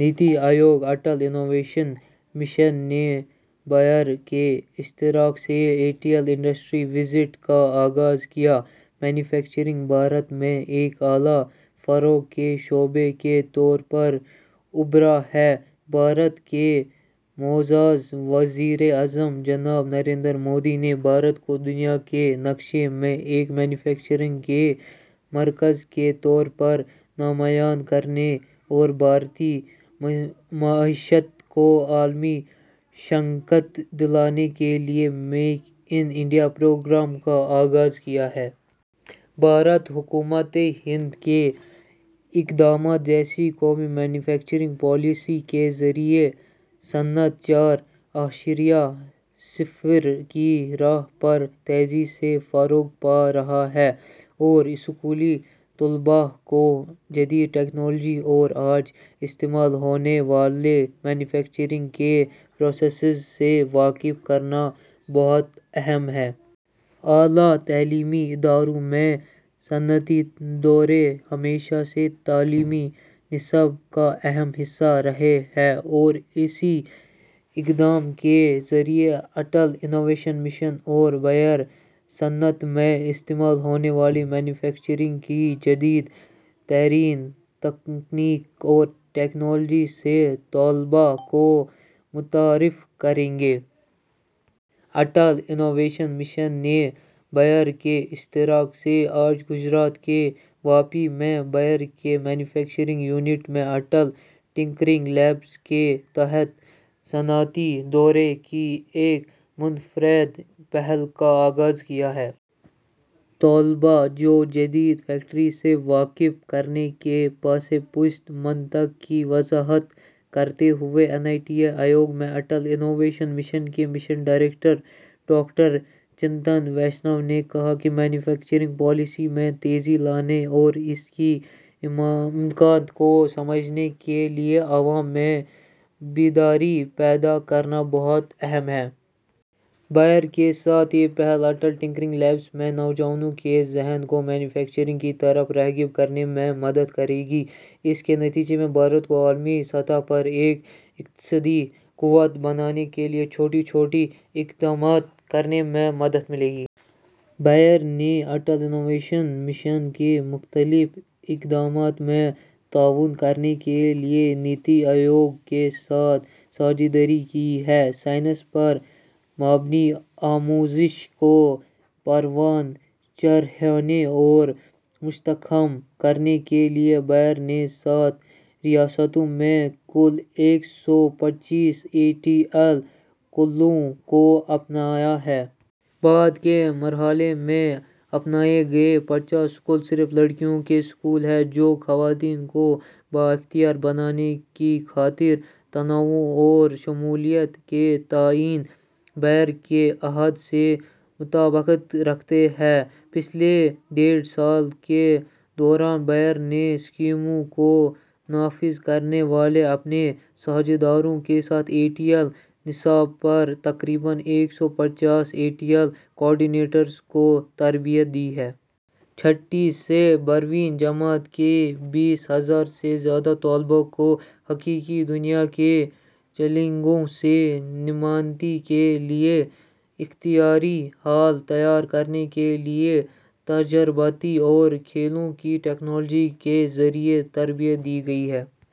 نیتی Aayog, Atal innovation mission نے Bayer کے اشتراک سے ’A T L industry visit‘ کا آغاز کیا۔ مینوفیکچرنگ، بھارت میں ایک اعلیٰ فروغ کے شعبے کے طور پر ابھرا ہے۔ بھارت کے معزز وزیر اعظم جناب نریندر مودی نے بھارت کو دنیا کے نقشے میں ایک مینوفیکچرنگ کے مرکز کے طور پر نمایاں کرنے اور بھارتی معیشت کو عالمی شناخت دلانے کے لیے میک اِن انڈیا پروگرام کا آغاز کیا ہے۔ بھارت، حکومت ہند کے اقدامات جیسے قومی مینوفیکچرنگ پالیسی کے ذریعے صنعت چار اعشاریہ صفر کی راہ پر تیزی سے فروغ پارہا ہے اور اسکولی طلبا کو جدید ٹیکنالوجی اور آج استعمال ہونے والے مینوفیکچرنگ کے پراسیس سے واقف کرانا بہت اہم ہے۔ اعلیٰ تعلیمی اداروں میں صنعتی دورے ہمیشہ سے تعلیمی نصاب کا اہم حصہ رہے ہیں اور اسی اقدام کے ذریعے اٹل انوویشن مشن اور بئیر صنعت میں استعمال ہونے والی مینوفیکچرنگ کی جدید ترین تکنیک اور ٹیکنالوجی سے طلبا کو متعارف کرائیں گے۔ اٹل انوویشن مشن نے بئیر کے اشتراک سے آج گجرات کے واپی میں بئیر کے مینوفیکچرنگ یونٹ میں اٹل ٹنکرنگ لیبس کے تحت صنعتی دورے کی ایک منفرد پہل کا آغاز کیا ہے۔ طلبا کو جدید فیکٹریوں سے واقف کرانے کے پسِ پشت منطق کی وضاحت کرتے ہوئے نیتی آیوگ میں اٹل انوویشن مشن کے mission director doctor Chintan Vaishnav نے کہا کہ مینوفیکچرنگ پالیسی میں تیزی لانے اور اس کے امکانات کو سمجھنے کے لیے عوام میں بیداری پیدا کرنا بہت اہم ہے۔ بئیر کے ساتھ یہ پہل اٹل ٹنکرنگ لیبس میں نوجوانوں کے ذہنوں کو مینوفیکچرنگ کی طرف راغب کرنے میں مدد کرے گی۔ اس کے نتیجے میں بھارت کو عالمی سطح پر ایک اقتصادی قوت بننے کے لیے چھوٹے چھوٹے اقدامات کرنے میں مدد ملے گی۔ بئیر نے اٹل انوویشن مشن کے مختلف اقدامات میں تعاون کرنے کے لیے نیتی آیوگ کے ساتھ ساجھیداری کی ہے۔ سائنس پر مبنی آموزش کو پروان چڑھانے اور مستحکم کرنے کے لیے بئیر نے سات ریاستوں میں کُل ایک سو پچیس اے ٹی ایل اسکولوں کو اپنایا ہے۔ بعد کے مرحلے میں اپنائے گئے پچاس اسکول صرف لڑکیوں کے اسکول ہیں، جو خواتین کو بااختیار بنانے کی خاطر تنوع اور شمولیت کے تئیں بئیر کے عہد سے مطابقت رکھتے ہیں۔ پچھلے ڈیڑھ سال کے دوران بئیر نے اسکیموں کو نافذ کرنے والے اپنے ساجھیداروں کے ساتھ اے ٹی ایل نصاب پر تقریباً ایک سو پچاس اے ٹی ایل کوآرڈینیٹرز کو تربیت دی ہے۔ چھٹی سے بارہویں جماعت کے بیس ہزار سے زیادہ طلبا کو حقیقی دنیا کے چیلنجوں سے نمٹنے کے لیے اختراعی حل تیار کرنے کے لیے تجرباتی اور کھیلوں کی ٹیکنالوجی کے ذریعے تربیت دی گئی ہے۔